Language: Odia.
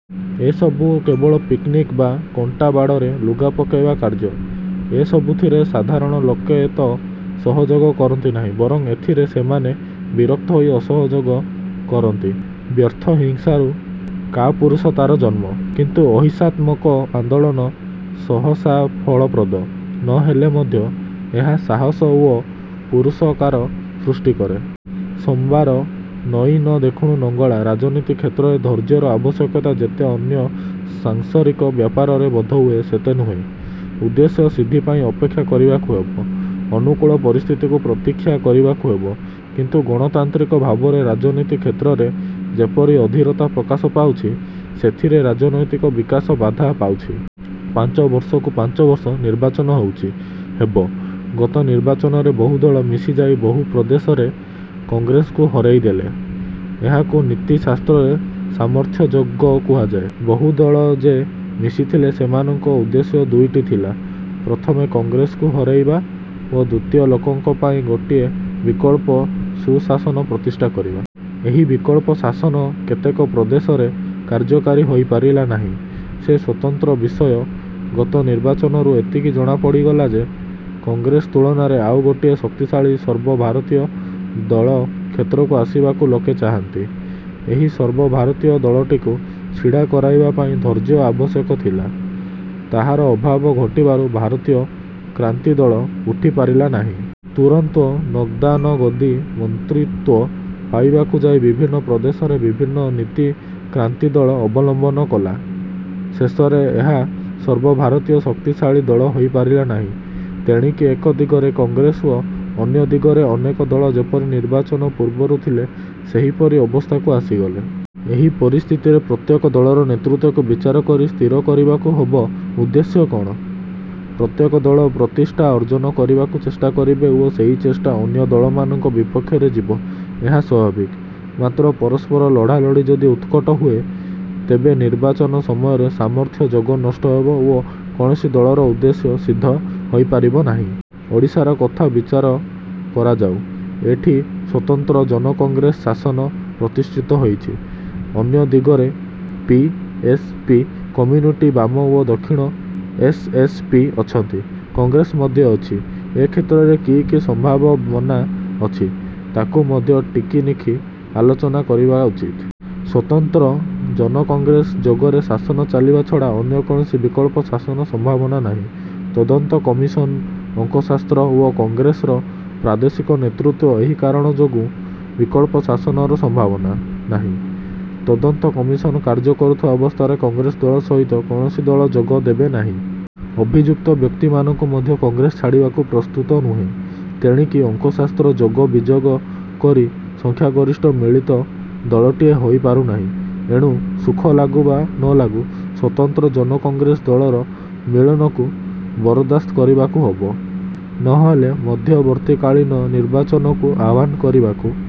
ଏସବୁ କେବଳ ପିନ୍ପ୍ରିକ୍ ବା କଣ୍ଟା ବାଡ଼ରେ ଲୁଗାପକାଇବା କାର୍ଯ୍ୟ। ଏସବୁଥିରେ ସାଧାରଣ ଲୋକେ ତ ସହଯୋଗ କରନ୍ତି ନାହିଁ ବରଂ ଏଥିରେ ସେମାନେ ବିରକ୍ତ ହୋଇ ଅସହଯୋଗ କରନ୍ତି। ବ୍ୟର୍ଥ ହିଂସାରୁ କାପୁରୁଷତାର ଜନ୍ମ। କିନ୍ତୁ ଅହିଂସାତ୍ମକ ଆନ୍ଦୋଳନ ସହସା ଫଳପ୍ରଦ ନହେଲେ ମଧ୍ୟ ଏହା ସାହସ ଓ ପୁରୁଷକାର ସୃଷ୍ଟି କରେ। ସୋମବାର ନଇ ନ ଦେଖୁଣୁ ଲଙ୍ଗଳା ରାଜନୀତି କ୍ଷେତ୍ରରେ ଧୈର୍ଯ୍ୟର ଆବଶ୍ୟକତା ଯେତେ ଅନ୍ୟ ସାଂସରିକ ବ୍ୟାପାରରେ ବୋଧହୁଏ ସେତେ ନୁହେଁ। ଉଦ୍ଦେଶ୍ୟ ସିଦ୍ଧିପାଇଁ ଅପେକ୍ଷା କରିବାକୁ ହେବ। ଅନୁକୂଳ ପରିସ୍ଥିତିକୁ ପ୍ରତୀକ୍ଷା କରିବାକୁ ହେବ। କିନ୍ତୁ ଗଣତାନ୍ତ୍ରିକ ଭାରତରେ ରାଜନୀତି କ୍ଷେତ୍ରରେ ଯେପରି ଅଧୀରତା ପ୍ରକାଶ ପାଉଛି ସେଥିରେ ରାଜନୈତିକ ବିକାଶ ବାଧା ପାଉଛି। ପାଞ୍ଚବର୍ଷକୁ ପାଞ୍ଚବର୍ଷ ନିର୍ବାଚନ ହେଉଛି, ହେବ। ଗତ ନିର୍ବାଚନରେ ବହୁ ଦଳ ମିଶିଯାଇ ବହୁ ପ୍ରଦେଶରେ କଂଗ୍ରେସକୁ ହରେଇ ଦେଲେ। ଏହାକୁ ନୀତି ଶାସ୍ତ୍ରରେ 'ସାମର୍ଥ୍ୟ' ଯୋଗ କୁହାଯାଏ। ବହୁ ଦଳ ଯେ ମିଶିଥିଲେ ସେମାନଙ୍କ ଉଦ୍ଦେଶ୍ୟ ଦୁଇଟି ଥିଲା- ପ୍ରଥମେ କଂଗ୍ରେସକୁ ହରେଇବା ଓ ଦ୍ୱିତୀୟ ଲୋକଙ୍କ ପାଇଁ ଗୋଟିଏ ବିକଳ୍ପ ସୁଶାସନ ପ୍ରତିଷ୍ଠା କରିବା। ଏହି ବିକଳ୍ପ ଶାସନ କେତେକ ପ୍ରଦେଶରେ କାର୍ଯ୍ୟକାରୀ ହୋଇପାରିଲା ନାହିଁ। ସେ ସ୍ୱତନ୍ତ୍ର ବିଷୟ। ଗତ ନିର୍ବାଚନରୁ ଏତିକି ଜଣାଗଲା ଯେ କଂଗ୍ରେସ ତୁଳନାରେ ଆଉ ଗୋଟିଏ ଶକ୍ତିଶାଳୀ ସର୍ବଭାରତୀୟ ଦଳ କ୍ଷେତ୍ରକୁ ଆସିବାକୁ ଲୋକେ ଚାହାନ୍ତି। ଏହି ସର୍ବଭାରତୀୟ ଦଳଟିକୁ ଛିଡ଼ା କରାଇବା ପାଇଁ ଧୈର୍ଯ୍ୟ ଆବଶ୍ୟକ ଥିଲା ତାହାର ଅଭାବ ଘଟିବାରୁ ଭାରତୀୟ କ୍ରାନ୍ତିଦଳ ଉଠିପାରିଲା ନାହିଁ। ତୁରନ୍ତ ନଗଦାନଗଦି ମନ୍ତ୍ରୀତ୍ୱ ପାଇବାକୁ ଯାଇ ବିଭିନ୍ନ ପ୍ରଦେଶରେ ବିଭିନ୍ନ ନୀତି କ୍ରାନ୍ତିଦଳ ଅବଲମ୍ବନ କଲା- ଶେଷରେ ଏହା ସର୍ବଭାରତୀୟ ଶକ୍ତିଶାଳୀ ଦଳ ହୋଇପାରିଲା ନାହିଁ। ତେଣିକି ଏକ ଦିଗରେ କଂଗ୍ରେସ ଓ ଅନ୍ୟ ଦିଗରେ ଅନେକ ଦଳ ଯେପରି ନିର୍ବାଚନ ପୂର୍ବରୁ ଥିଲେ ସେହିପରି ଅବସ୍ଥାକୁ ଆସିଗଲେ। ଏହି ପରିସ୍ଥିତିରେ ପ୍ରତ୍ୟେକ ଦଳର ନେତୃତ୍ୱକୁ ବିଚାର କରି ସ୍ଥିର କରିବାକୁ ହେବ ଉଦ୍ଦେଶ୍ୟ କଅଣ? ପ୍ରତ୍ୟେକ ଦଳ ପ୍ରତିଷ୍ଠା ଅର୍ଜ୍ଜନ କରିବାକୁ ଚେଷ୍ଟା କରିବେ ଓ ସେହି ଚେଷ୍ଟା ଅନ୍ୟ ଦଳମାନଙ୍କ ବିପକ୍ଷରେ ଯିବ ଏହା ସ୍ୱାଭାବିକ। ମାତ୍ର ପରସ୍ପର ଲଢ଼ାଲଢ଼ି ଯଦି ଉତ୍କଟ ହୁଏ ତେବେ ନିର୍ବାଚନ ସମୟର 'ସାମର୍ଥ୍ୟ' ଯୋଗ ନଷ୍ଟ ହେବ ଓ କୌଣସି ଦଳର ଉଦ୍ଦେଶ୍ୟ ସିଦ୍ଧ ହୋଇପାରିବ ନାହିଁ। ଓଡ଼ିଶାର କଥା ବିଚାର କରାଯାଉ। ଏଠି ସ୍ୱତନ୍ତ୍ର-ଜନକଂଗ୍ରେସ ଶାସନ ପ୍ରତିଷ୍ଠିତ ହୋଇଛି। ଅନ୍ୟ ଦିଗରେ ପି:ଏସ୍:ପି, କମ୍ୟୁନିଷ୍ଟ ବାମ ଓ ଦକ୍ଷିଣ ଏସ୍:ଏସ୍:ପି ଅଛନ୍ତି, କଂଗ୍ରେସ ମଧ୍ୟ ଅଛି। ଏ କ୍ଷେତ୍ରରେ କି କି ସମ୍ଭାବନାମାନ ଅଛି ତାକୁ ମଧ୍ୟ ଟିକିନିଖି ଆଲୋଚନା କରିବା ଉଚିତ। ସ୍ୱତନ୍ତ୍ର ଜନକଂଗ୍ରେସ ଯୋଗରେ ଶାସନ ଚାଲିବା ଛଡ଼ା ଅନ୍ୟ କୌଣସି ବିକଳ୍ପ ଶାସନର ସମ୍ଭାବନା ନାହିଁ। ତଦନ୍ତ କମିଶନ, ଅଙ୍କଶାସ୍ତ୍ର ଓ କଂଗ୍ରେସର ପ୍ରାଦେଶିକ ନେତୃତ୍ୱ ଏହି କାରଣମାନ ଯୋଗୁଁ ବିକଳ୍ପ ଶାସନର ସମ୍ଭାବନା ନାହିଁ। ତଦନ୍ତ କମିଶନ କାର୍ଯ୍ୟ କରୁଥିବା ଅବସ୍ଥାରେ କଂଗ୍ରେସ ଦଳ ସହିତ କୌଣସି ଦଳ ଯୋଗ ଦେବେନାହିଁ। ଅଭିଯୁକ୍ତ ବ୍ୟକ୍ତିମାନଙ୍କୁ ମଧ୍ୟ କଂଗ୍ରେସ ଛାଡ଼ିଦେବାକୁ ପ୍ରସ୍ତୁତ ନୁହେଁ। ତେଣିକି ଅଙ୍କଶାସ୍ତ୍ର ଯୋଗ ବିଯୋଗ କରି ସଂଖ୍ୟାଗରିଷ୍ଠ ମିଳିତ ଦଳଟିଏ ହୋଇ ପାରୁନାହିଁ। ଏଣୁ ସୁଖଲାଗୁ ବା ନଲାଗୁ ସ୍ୱତନ୍ତ୍ର ଜନକଂଗ୍ରେସ ଦଳର ମିଳନକୁ ବରଦାସ୍ତ କରିବାକୁ ହେବ। ନହେଲେ ମଧ୍ୟବର୍ତ୍ତୀକାଳୀନ ନିର୍ବାଚନକୁ ଆହ୍ୱାନ କରିବାକୁ